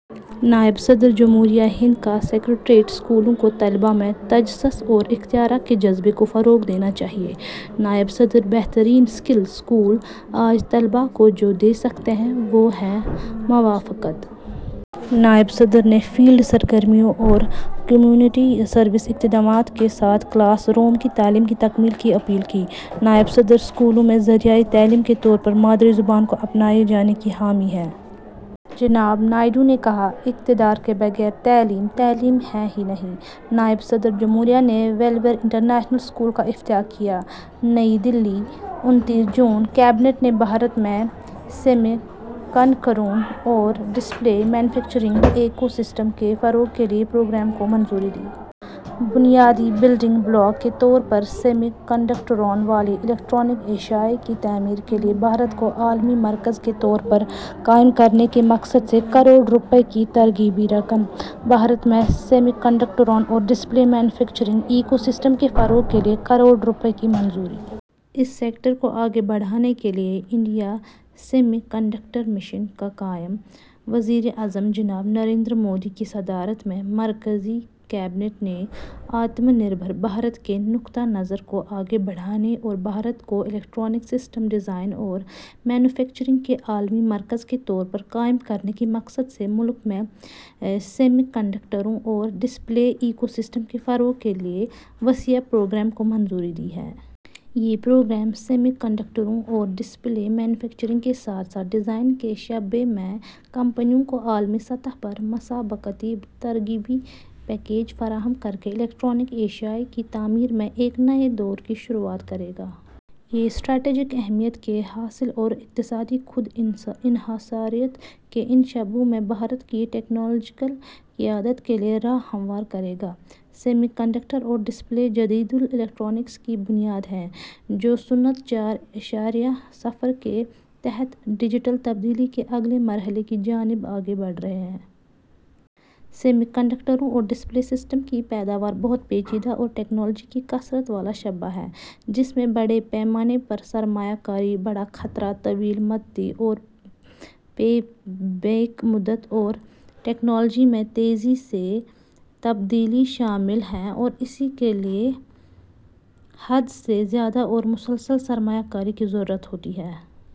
نائب صدر جمہوریہ ہند کا سیکریٹریٹ اسکولوں کو طلبہ میں تجسس اور اختراع کے جذبے کو فروغ دینا چاہیے: نائب صدر۔ ’بہترین اسکل اسکول آج طلباء کو جو دے سکتے ہیں، وہ ہے موافقت۔‘ نائب صدر نے فیلڈ سرگرمیوں اور کمیونٹی سروس اقدامات کے ساتھ کلاس روم کی تعلیم کی تکمیل کی اپیل کی۔ نائب صدر اسکولوں میں ذریعۂ تعلیم کے طور پر مادری زبان کو اپنائے جانے کے حامی ہیں۔ جناب نائیڈو نے کہا، ’اقدار کے بغیر تعلیم، تعلیم ہے ہی نہیں۔‘ نائب صدر جمہوریہ نے ویلور انٹرنیشنل اسکول کا افتتاح کیا۔ نئی دہلی، انتیس جون۔ کابینہ نے بھارت میں سیمی کنڈکٹروں اور ڈسپلے مینوفیکچرنگ ایکو سسٹم کے فروغ کے لیے پروگرام کو منظوری دی۔ بنیادی بلڈنگ بلاک کے طور پر سیمی کنڈکٹروں والی الیکٹرانک اشیاء کی تعمیر کے لیے بھارت کو عالمی مرکز کے طور پر قائم کرنے کے مقصد سے کروڑ روپے کی ترغیبی رقم۔ بھارت میں سیمی کنڈکٹروں اور ڈسپلے مینوفیکچرنگ ایکو سسٹم کے فروغ کے لیے کروڑ روپے کی منظوری۔ اس سیکٹر کو آگے بڑھانے کے لیے انڈیا سیمی کنڈکٹر مشن کا قیام۔ وزیر اعظم جناب نریندر مودی کی صدارت میں مرکزی کابینہ نے آتم نربھر بھارت کے نقطۂ نظر کو آگے بڑھانے اور بھارت کو الیکٹرانک سسٹم ڈیزائن اور مینوفیکچرنگ کے عالمی مرکز کے طور پر قائم کرنے کے مقصد سے، ملک میں سیمی کنڈکٹروں اور ڈسپلے ایکو سسٹم کے فروغ کے لیے وسیع پروگرام کو منظوری دی ہے۔ یہ پروگرام سیمی کنڈکٹروں اور ڈسپلے مینوفیکچرنگ کے ساتھ ساتھ ڈیزائن کے شعبے میں کمپنیوں کو عالمی سطح پر مسابقتی ترغیبی پیکیج فراہم کرکے الیکٹرانک اشیاء کی تعمیر میں ایک نئے دور کی شروعات کرے گا۔ یہ اسٹریٹجک اہمیت کے حامل اور اقتصادی خود انحصاریت کے ان شعبوں میں بھارت کی ٹیکنالوجیکل قیادت کے لیے راہ ہموار کرے گا۔ سیمی کنڈکٹر اور ڈسپلے جدید الیکٹرانکس کی بنیاد ہیں، جو صنعت چار اعشاریہ صفر کے تحت ڈیجیٹل تبدیلی کے اگلے مرحلے کی جانب آگے بڑھ رہے ہیں۔ سیمی کنڈکٹروں اور ڈسپلے سسٹم کی پیداوار بہت پیچیدہ اور ٹیکنالوجی کی کثرت والا شعبہ ہے، جس میں بڑے پیمانے پر سرمایہ کاری، بڑا خطرہ، طویل مدتی اور پے بیک مدت اور ٹیکنالوجی میں تیزی سے تبدیلی شامل ہیں اور اس کے لیے حد سے زیادہ اور مسلسل سرمایہ کاری کی ضرورت ہوتی ہے۔